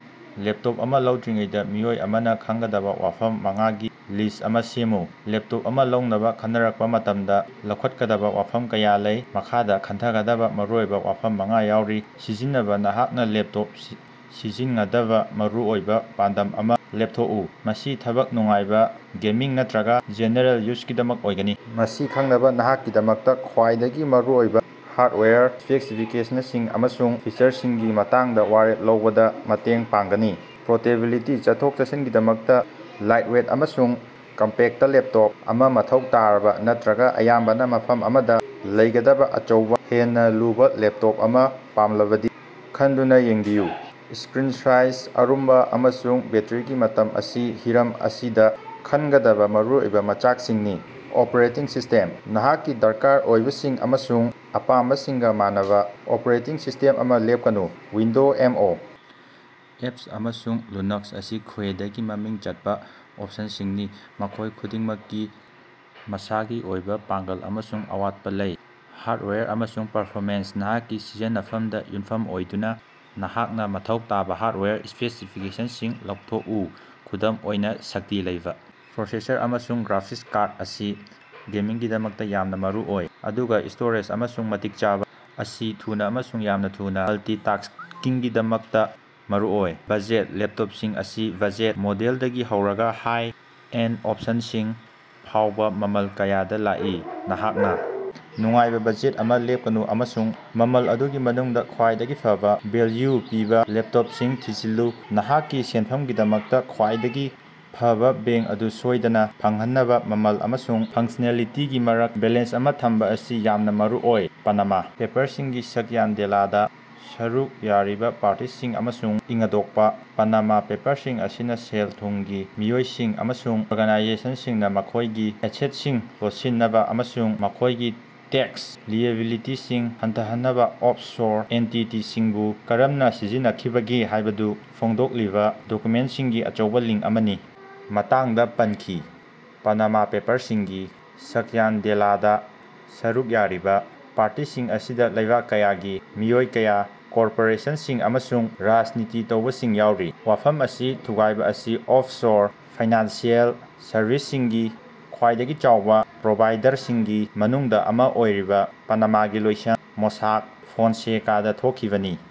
Laptop ꯑꯃꯥ ꯂꯧꯗ꯭ꯔꯤꯉꯩꯗꯥ ꯃꯤꯑꯣꯏ ꯑꯃꯅ ꯈꯪꯒꯗꯕ ꯋꯥꯐꯝ ꯃꯉꯥꯒꯤ ꯂꯤꯁ꯭ꯠ ꯑꯃ ꯁꯦꯝꯃꯨ꯫ ꯂꯦꯞꯇꯣꯞ ꯑꯃ ꯂꯧꯅꯕ ꯈꯟꯅꯔꯛꯄ ꯃꯇꯝꯗ ꯂꯧꯈꯠꯀꯗꯕ ꯋꯥꯐꯝ ꯀꯌꯥ ꯂꯩ꯫ ꯃꯈꯥꯗ ꯈꯟꯊꯒꯗꯕ ꯃꯔꯨꯑꯣꯏꯕ ꯋꯥꯐꯝ ꯃꯉꯥ ꯌꯥꯎꯔꯤ ꯁꯤꯖꯤꯟꯅꯕ ꯅꯍꯥꯛꯅ ꯂꯦꯞꯇꯣꯞ ꯁꯤ ꯁꯤꯖꯤꯟꯅꯗꯕ ꯃꯔꯨꯑꯣꯏꯕ ꯄꯥꯟꯗꯝ ꯑꯗꯨ ꯂꯦꯞꯊꯣꯛꯎ꯫ ꯃꯁꯤ ꯊꯕꯛ, ꯅꯨꯡꯉꯥꯏꯕ, ꯒꯦꯃꯤꯡ ꯅꯠꯇꯔꯒ ꯖꯦꯅꯦꯔꯦꯜ ꯌꯨꯖꯒꯤꯗꯃꯛ ꯑꯣꯏꯒꯅꯤ? ꯃꯁꯤ ꯈꯪꯅꯕ ꯅꯍꯥꯛꯀꯤꯗꯃꯛꯇ ꯈ꯭ꯋꯥꯏꯗꯒꯤ ꯃꯔꯨꯑꯣꯏꯕ ꯍꯥꯔꯗꯋꯥꯌꯔ ꯁ꯭ꯄꯦꯁꯤꯐꯤꯀꯦꯁꯅꯁꯤꯡ ꯑꯃꯁꯨꯡ ꯐꯤꯆꯔꯁꯤꯡꯒꯤ ꯃꯇꯥꯡꯗ ꯋꯥꯔꯦꯞ ꯂꯧꯕꯗ ꯃꯇꯦꯡ ꯄꯥꯡꯒꯅꯤ꯫ ꯄꯣꯔꯇꯦꯕꯤꯂꯤꯇꯤ ꯆꯠꯊꯣꯛ-ꯆꯠꯁꯤꯒꯤꯗꯃꯛꯇ ꯂꯥꯏꯠꯋꯦꯠ ꯑꯃꯁꯨꯡ ꯀꯝꯄꯦꯛꯇꯂꯦꯞꯇꯣꯞ ꯑꯃ ꯃꯊꯧ ꯇꯥꯕꯔ ꯅꯠꯇꯔꯒ ꯑꯌꯥꯝꯕꯅ ꯃꯐꯝ ꯑꯃꯗ ꯂꯩꯒꯗꯕ ꯑꯆꯧꯕ, ꯍꯦꯟꯅ ꯂꯨꯕꯥ ꯂꯦꯞꯇꯣꯞ ꯑꯃ ꯄꯥꯝꯂꯕꯗꯤ ꯈꯟꯗꯨꯅ ꯌꯦꯡꯕꯤꯌꯨ꯫ ꯁ꯭ꯀꯔꯤꯟ ꯁꯥꯏꯖ, ꯑꯔꯨꯝꯕ, ꯑꯃꯁꯨꯡ ꯕꯦꯠꯇ꯭ꯔꯤꯒꯤ ꯃꯇꯝ ꯑꯁꯤ ꯍꯤꯔꯝ ꯑꯁꯤꯗ ꯈꯟꯒꯗꯕ ꯃꯔꯨꯑꯣꯏꯕ ꯃꯆꯥꯛꯁꯤꯡꯅꯤ꯫ ꯑꯣꯄꯔꯦꯇꯤꯡ ꯁꯤꯁ꯭ꯇꯦꯝ: ꯅꯍꯥꯛꯀꯤ ꯗꯔꯀꯥꯔ ꯑꯣꯏꯕꯁꯤꯡ ꯑꯃꯁꯨꯡ ꯑꯄꯥꯝꯕꯁꯤꯡꯒꯥ ꯃꯥꯟꯅꯕ ꯑꯣꯄꯔꯦꯇꯤꯡ ꯁꯤꯁ꯭ꯇꯦꯝ ꯑꯃ ꯂꯦꯞꯀꯅꯨ꯫ ꯋꯤꯟꯗꯣꯖ, ꯃꯦꯛ ꯑꯣ. ꯑꯦꯁ., ꯑꯃꯁꯨꯡ ꯂꯨꯅꯛꯁ ꯑꯁꯤ ꯈ꯭ꯋꯦꯏꯗꯒꯤ ꯃꯃꯤꯡ ꯆꯠꯄ ꯑꯣꯞꯁꯟꯁꯤꯡꯅꯤ, ꯃꯈꯣꯏ ꯈꯨꯗꯤꯡꯃꯛꯀꯤ ꯃꯁꯥꯒꯤ ꯑꯣꯏꯕ ꯄꯥꯡꯒꯜ ꯑꯃꯁꯨꯡ ꯑꯋꯥꯠꯄꯥ ꯂꯩ꯫ ꯍꯥꯔꯗꯋꯦꯌꯔ ꯑꯃꯁꯨꯡ ꯄꯔꯐꯣꯃꯦꯟꯁ: ꯅꯍꯥꯛꯀꯤ ꯁꯤꯖꯤꯟꯅꯐꯝꯗ ꯌꯨꯝꯐꯝ ꯑꯣꯏꯗꯨꯅ ꯅꯍꯥꯛꯅ ꯃꯊꯧ ꯇꯥꯕ ꯍꯥꯔꯗꯋꯦꯌꯔ ꯁ꯭ꯄꯦꯁꯤꯐꯤꯀꯦꯁꯟꯁꯤꯡ ꯂꯦꯞꯊꯣꯛꯎ꯫ ꯈꯨꯗꯝ ꯑꯣꯏꯅ, ꯁꯛꯇꯤ ꯂꯩꯕ ꯄ꯭ꯔꯣꯁꯦꯁꯔ ꯑꯃꯁꯨꯡ ꯒ꯭ꯔꯥꯐꯤꯁ ꯀꯥꯔꯗ ꯑꯁꯤ ꯒꯦꯃꯤꯡꯒꯤꯗꯃꯛꯇ ꯌꯥꯝꯅ ꯃꯔꯨꯑꯣꯏ, ꯑꯗꯨꯒ ꯁ꯭ꯇꯣꯔꯦꯖ ꯑꯃꯁꯨꯡ ꯃꯇꯤꯛ ꯆꯥꯕ ꯑꯁꯤ ꯊꯨꯅ ꯑꯃꯁꯨꯡ ꯌꯥꯝꯅ ꯊꯨꯅ ꯃꯜꯇꯤꯇꯥ꯭ꯁꯀꯤꯡꯒꯤꯗꯃꯛꯇ ꯃꯔꯨꯑꯣꯏ꯫ ꯕꯖꯦꯠ: ꯂꯦꯞꯇꯣꯞꯁꯤꯡ ꯑꯁꯤ ꯕꯖꯦꯠ ꯃꯣꯗꯦꯜꯗꯒꯤ ꯍꯧꯔꯒ ꯍꯥꯏ-ꯑꯦꯟꯗ ꯑꯣꯞꯁꯟꯁꯤꯡ ꯐꯥꯎꯕ ꯃꯃꯜ ꯀꯌꯥꯗ ꯂꯥꯛꯏ꯫ ꯅꯍꯥꯛꯅ ꯅꯨꯡꯉꯥꯏꯕ ꯕꯖꯦꯠ ꯑꯃ ꯂꯦꯞꯀꯅꯨ, ꯑꯃꯁꯨꯡ ꯃꯃꯜ ꯑꯗꯨꯒꯤ ꯃꯅꯨꯡꯗ ꯈ꯭ꯋꯥꯏꯗꯒꯤ ꯐꯕ ꯚꯦꯜꯌꯨ ꯄꯤꯕ ꯂꯦꯞꯇꯣꯞꯁꯤꯡ ꯊꯤꯖꯤꯜꯂꯨ꯫ ꯅꯍꯥꯛꯀꯤ ꯁꯦꯟꯐꯝꯒꯤꯗꯃꯛꯇ ꯈ꯭ꯋꯥꯏꯗꯒꯤ ꯐꯕ ꯕꯦꯡ ꯑꯗꯨ ꯁꯣꯏꯗꯅ ꯐꯪꯍꯟꯅꯕ ꯃꯃꯜ ꯑꯃꯁꯨꯡ ꯐ꯭ꯪꯁꯅꯦꯂꯤꯇꯤꯒꯤ ꯃꯔꯛꯇ ꯕꯦꯂꯦꯟꯁ ꯑꯃ ꯊꯝꯕ ꯑꯁꯤ ꯌꯥꯝꯅ ꯃꯔꯨꯑꯣꯏ꯫ ꯄꯅꯃꯥ ꯄꯦꯄ꯭ꯔꯁꯤꯡꯒꯤ ꯁ꯭ꯛꯌꯥꯟꯗꯦꯂꯗꯥ ꯁꯔꯨꯛ ꯌꯥꯔꯤꯕ ꯄꯥꯔꯇꯤꯁꯤꯡ ꯃꯁꯛ ꯈꯉꯗꯣꯛꯄ꯫ ꯄꯅꯃꯥ ꯄꯦꯄ꯭ꯔꯁꯤꯡ ꯑꯁꯤꯅ ꯁꯦꯜ ꯊꯨꯝꯒꯤ ꯃꯤꯑꯣꯏꯁꯤꯡ ꯑꯃꯁꯨꯡ ꯑꯣꯔꯒꯅꯥꯏꯖꯦꯁꯟꯁꯤꯡꯅ ꯃꯈꯣꯏꯒꯤ ꯑꯦꯁꯦꯠꯁꯤꯡ ꯂꯣꯠꯁꯤꯟꯅꯕꯥ ꯑꯃꯁꯨꯡ ꯃꯈꯣꯏꯒꯤ ꯇꯦꯛꯁ ꯂꯤꯑꯦꯕꯤꯂꯤꯇꯤꯁꯤꯡ ꯍꯟꯊꯍꯟꯅꯕ ꯑꯣꯐꯁꯣꯔ ꯑꯦꯟꯇꯤꯇꯤꯁꯤꯡꯕꯨ ꯀꯔꯝꯅ ꯁꯤꯖꯤꯟꯅꯈꯤꯕꯒꯦ ꯍꯥꯏꯕꯗꯨ ꯐꯣꯡꯗꯣꯛꯂꯤꯕ ꯗꯣꯀꯨꯃꯦꯟꯠꯁꯤꯡꯒꯤ ꯑꯆꯧꯕ ꯂꯤꯡ ꯑꯃꯒꯤ ꯃꯇꯥꯡꯗ ꯄꯟꯈꯤ꯫ ꯄꯅꯃꯥ ꯄꯦꯄ꯭ꯔꯁꯤꯡꯒꯤ ꯁ꯭ꯛꯌꯥꯟꯗꯦꯂꯗꯥ ꯁꯔꯨꯛ ꯌꯥꯔꯤꯕ ꯄꯥꯔꯇꯤꯁꯤꯡ ꯑꯁꯤꯗ ꯂꯩꯕꯥꯛ ꯀꯌꯥꯒꯤ ꯃꯤꯑꯣꯏ ꯀꯌꯥ, ꯀꯣꯔꯄꯣꯔꯦꯁꯟꯁꯤꯡ ꯑꯃꯁꯨꯡ ꯔꯥꯖꯅꯤꯇꯤ ꯇꯧꯕꯁꯤꯡ ꯌꯥꯎꯔꯤ꯫ ꯋꯥꯐꯝ ꯑꯁꯤ ꯊꯨꯒꯥꯏꯕ ꯑꯁꯤ ꯑꯣꯐꯁꯣꯔ ꯐꯥꯏꯅꯥꯟꯁꯤꯑꯦꯜ ꯁꯔꯕꯤꯁꯁꯤꯡꯒꯤ ꯈ꯭ꯋꯥꯏꯗꯒꯤ ꯆꯥꯎꯕ ꯄ꯭ꯔꯣꯚꯥꯏꯗꯔꯁꯤꯡꯒꯤ ꯃꯅꯨꯡꯗ ꯑꯃ ꯑꯣꯏꯔꯤꯕ ꯄꯅꯃꯥꯒꯤ ꯂꯣꯏꯁꯪ ꯃꯣꯁꯥꯛ ꯐꯣꯟꯁꯦꯀꯥꯗ ꯊꯣꯛꯈꯤꯕꯅꯤ꯫